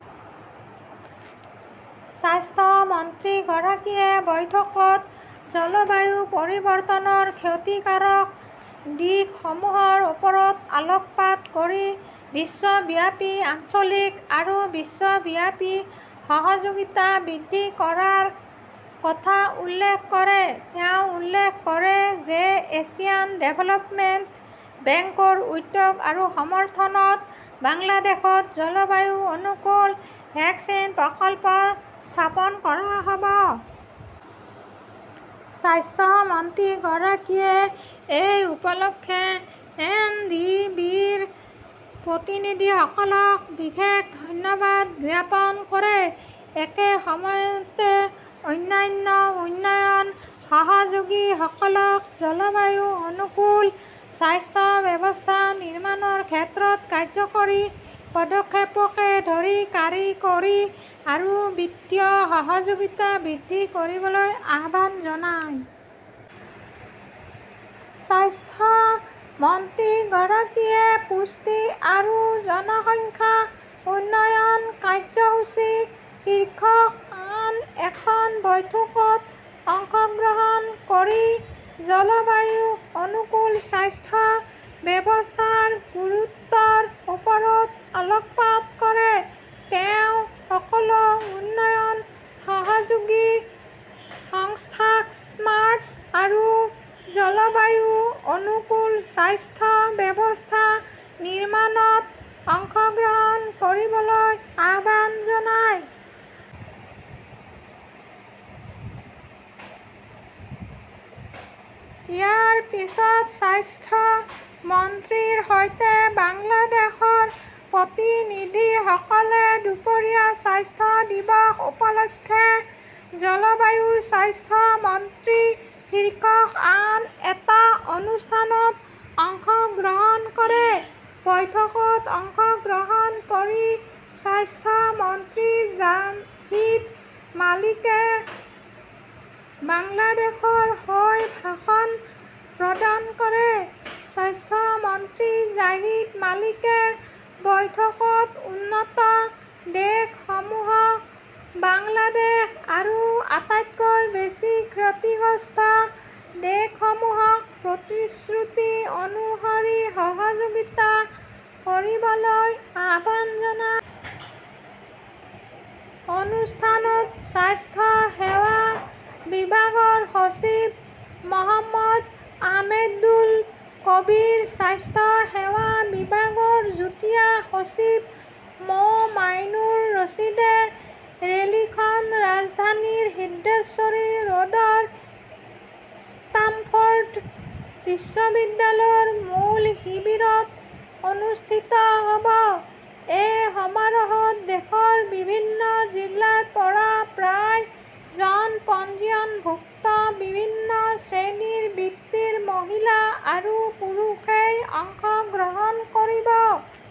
স্বাস্থ্য মন্ত্ৰীগৰাকীয়ে বৈঠকত জলবায়ু পৰিৱৰ্তনৰ ক্ষতিকাৰক দিশসমূহৰ ওপৰত আলোকপাত কৰি বিশ্বব্যাপী আঞ্চলিক আৰু বিশ্বব্যাপী সহযোগিতা বৃদ্ধি কৰাৰ কথা উল্লেখ কৰে। তেওঁ উল্লেখ কৰে যে এছিয়ান ডেভেলপমেণ্ট বেংকৰ উদ্যোগ আৰু সমৰ্থনত বাংলাদেশত জলবায়ু অনুকূল ভেকচিন প্ৰকল্প স্থাপন কৰা হ 'ব। স্বাস্থ্য মন্ত্ৰীগৰাকীয়ে এই উপলক্ষে এ. ডি. বি. -ৰ প্ৰতিনিধিসকলক বিশেষ ধন্যবাদ জ্ঞাপন কৰে। একে সময়তে, অন্যান্য উন্নয়ন সহযোগীসকলক জলবায়ু অনুকূল স্বাস্থ্য ব্যৱস্থা নিৰ্মাণৰ ক্ষেত্ৰত কাৰ্যকৰী পদক্ষেপকে ধৰি কাৰিকৰী আৰু বিত্তীয় সহযোগিতা বৃদ্ধি কৰিবলৈ আহ্বান জনায়। স্বাস্থ্য মন্ত্ৰীগৰাকীয়ে পুষ্টি আৰু জনসংখ্যা উন্নয়ন কাৰ্যসূচী শীৰ্ষক আন এখন বৈঠকত অংশগ্ৰহণ কৰি জলবায়ু অনুকূল স্বাস্থ্য ব্যৱস্থাৰ গুৰুত্বৰ ওপৰত আলোকপাত কৰে। তেওঁ সকলো উন্নয়ন সহযোগী সংস্থাক স্মাৰ্ট আৰু জলবায়ু অনুকূল স্বাস্থ্য ব্যৱস্থা নিৰ্মাণত অংশগ্ৰহণ কৰিবলৈ আহ্বান জনায়। ইয়াৰ পিছত স্বাস্থ্য মন্ত্ৰীৰ সৈতে বাংলাদেশৰ প্ৰতিনিধিসকলে দুপৰীয়া স্বাস্থ্য দিৱস উপলক্ষে 'জলবায়ু স্বাস্থ্য মন্ত্ৰী শীৰ্ষক আন এটা অনুষ্ঠানত অংশগ্ৰহণ কৰে। বৈঠকত অংশগ্ৰহণ কৰি স্বাস্থ্য মন্ত্ৰী জাহিদ মালেকে বাংলাদেশৰ হৈ ভাষণ প্ৰদান কৰে। স্বাস্থ্য মন্ত্ৰী জাহিদ মালেকে বৈঠকত উন্নত দেশসমূহক বাংলাদেশ আৰু আটাইতকৈ বেছি ক্ষতিগ্ৰস্ত দেশসমূহক প্ৰতিশ্ৰুতি অনুসৰি সহযোগিতা কৰিবলৈ আহ্বান জনায়। অনুষ্ঠানত স্বাস্থ্য সেৱা বিভাগৰ সচিব মো. আহমেদুল কবীৰ, স্বাস্থ্য সেৱা বিভাগৰ যুটীয়া সচিব মো. মামুনুৰ ৰছিদে। ৰেলীখন ৰাজধানীৰ সিদ্ধেশ্বৰী ৰোডৰ ষ্টাম্পফৰ্ড বিশ্ববিদ্যালয়ৰ মূল শিবিৰত অনুষ্ঠিত হ'ব। এই সমাৰোহত দেশৰ বিভিন্ন জিলাৰ পৰা প্ৰায় জন পঞ্জীয়নভুক্ত বিভিন্ন শ্ৰেণীৰ-বৃত্তিৰ মহিলা আৰু পুৰুষই অংশগ্ৰহণ কৰিব।